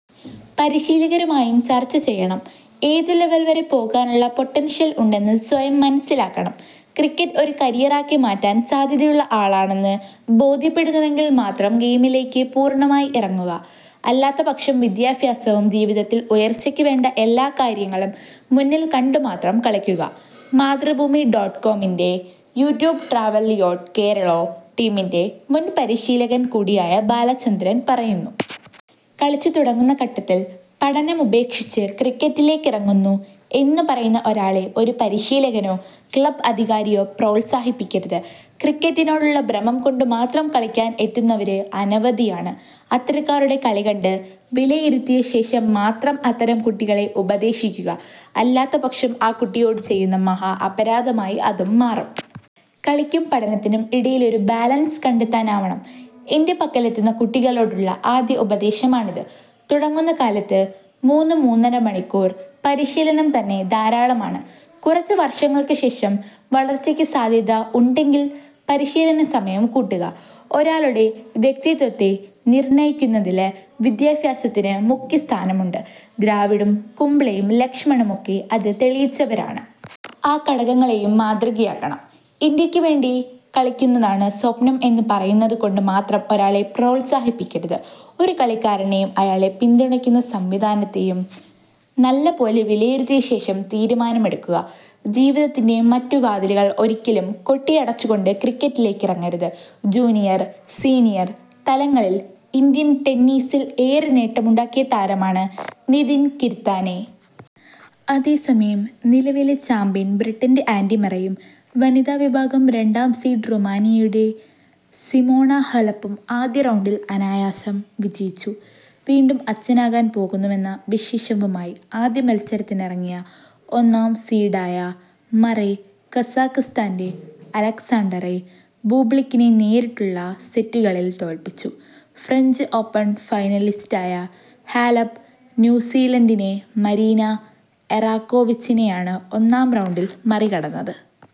പരിശീലകരുമായും ചർച്ച ചെയ്യണം. ഏതു ലെവല് വരെ പോകാനുള്ള പൊട്ടന്ഷ്യല് ഉണ്ടെന്ന് സ്വയം മനസ്സിലാക്കണം. ക്രിക്കറ്റ് ഒരു കരിയറാക്കി മാറ്റാന് സാധ്യതയുള്ള ആളാണെന്ന് ബോധ്യപ്പെടുന്നുവെങ്കില് മാത്രം ഗെയിമിലേക്ക് പൂർണമായി ഇറങ്ങുക. അല്ലാത്തപക്ഷം വിദ്യാഭ്യാസവും ജീവിതത്തില് ഉയർച്ചക്ക് വേണ്ട എല്ലാ കാര്യങ്ങളും മുന്നില് കണ്ടുമാത്രം കളിക്കുക'' മാതൃഭൂമി ഡോട്ട് കോമിന്റെ യൊഉര്സ് ട്രുല്യ് യോട് കേരളാ ടീമിന്റെ മുന്പരിശീലകന് കൂടിയായ ബാലചന്ദ്രന് പറയുന്നു. കളിച്ചു തുടങ്ങുന്ന ഘട്ടത്തില് പഠനമുപേക്ഷിച്ച് ക്രിക്കറ്റിലേക്കിറങ്ങുന്നു എന്ന് പറയുന്ന ഒരാളെ ഒരു പരിശീലകനോ ക്ലബ് അധികാരിയോ പ്രോത്സാഹിപ്പിക്കരുത്. ക്രിക്കറ്റിനോടുള്ള ഭ്രമം കൊണ്ടുമാത്രം കളിക്കാന് എത്തുന്നവര് അനവധിയാണ്. അത്തരക്കാരുടെ കളി കണ്ട് വിലയിരുത്തിയശേഷം മാത്രം അത്തരം കുട്ടികളെ ഉപദേശിക്കുക. അല്ലാത്തപക്ഷം ആ കുട്ടിയോടു ചെയ്യുന്ന മഹാഅപരാധമായി അതു മാറും. കളിക്കും പഠനത്തിനും ഇടയിലൊരു ബാലൻസ് കണ്ടെത്താനാവണം. എന്റെ പക്കലെത്തുന്ന കുട്ടികളോടുള്ള ആദ്യ ഉപദേശമാണിത്. തുടങ്ങുന്ന കാലത്ത് മൂന്നുമൂന്നര മണിക്കൂര് പരിശീലനം തന്നെ ധാരാളമാണ്. കുറച്ച് വര്ഷങ്ങള്ക്ക് ശേഷം വളര്ച്ചയ്ക്ക് സാധ്യത ഉണ്ടെങ്കില് പരിശീലന സമയം കൂട്ടുക. ഒരാളുടെ വ്യക്തിത്വത്തെ നിര്ണയിക്കുന്നതില് വിദ്യാഭ്യാസത്തിന് മുഖ്യസ്ഥാനമുണ്ട്. ദ്രാവിഡും കുംബ്ലെയും ലക്ഷ്മണുമൊക്കെ അതു തെളിയിച്ചവരാണ്. ആ ഘടകങ്ങളെയും മാതൃകയാക്കണം. ഇന്ത്യയ്ക്ക് വേണ്ടി കളിക്കുന്നതാണ് സ്വപ്നം എന്നു പറയുന്നതു കൊണ്ട് മാത്രം ഒരാളെ പ്രോത്സാഹിപ്പിക്കരുത്. ഒരു കളിക്കാരനെയും അയാളെ പിന്തുണയ്ക്കുന്ന സംവിധാനത്തെയും നല്ല പോലെ വിലയിരുത്തിയശേഷം തീരുമാനമെടുക്കുക. ജീവിതത്തിന്റെ മറ്റു വാതിലുകള് ഒരിക്കലും കൊട്ടിയടച്ചുകൊണ്ട് ക്രിക്കറ്റിലേക്കിറങ്ങരുത്. ജൂനിയര്, സീനിയര് തലങ്ങളില് ഇന്ത്യന് ടെന്നീസില് ഏറെ നേട്ടമുണ്ടാക്കിയ താരമാണ് നിതിന് കിര്താനെ. അതേസമയം നിലവിലെ ചാമ്പ്യന് ബ്രിട്ടന്റെ ആന്ഡി മറെയും വനിതാവിഭാഗം രണ്ടാം സീഡ് റുമാനിയയുടെ സിമോണ ഹാെലപ്പും ആദ്യ റൗണ്ടില് അനായാസം വിജയിച്ചു. വീണ്ടും അച്ഛനാകാന് പോകുന്നുവെന്ന വിശേഷവുമായി ആദ്യമത്സരത്തിനിറങ്ങിയ ഒന്നാം സീഡായ മറെ കസാഖ്സ്താന്റെ അലക്സാണ്ടര് ബൂബ്ലിക്കിനെ നേരിട്ടുള്ള സെറ്റുകളില് തോല്പിച്ചു. ഫ്രഞ്ച് ഓപ്പണ് ഫൈനലിസ്റ്റായ ഹാലെപ് ന്യൂസീലന്ഡിന്റെ മരീന എറാക്കോവിച്ചിനെയാണ് ഒന്നാം റൗണ്ടില് മറികടന്നത്.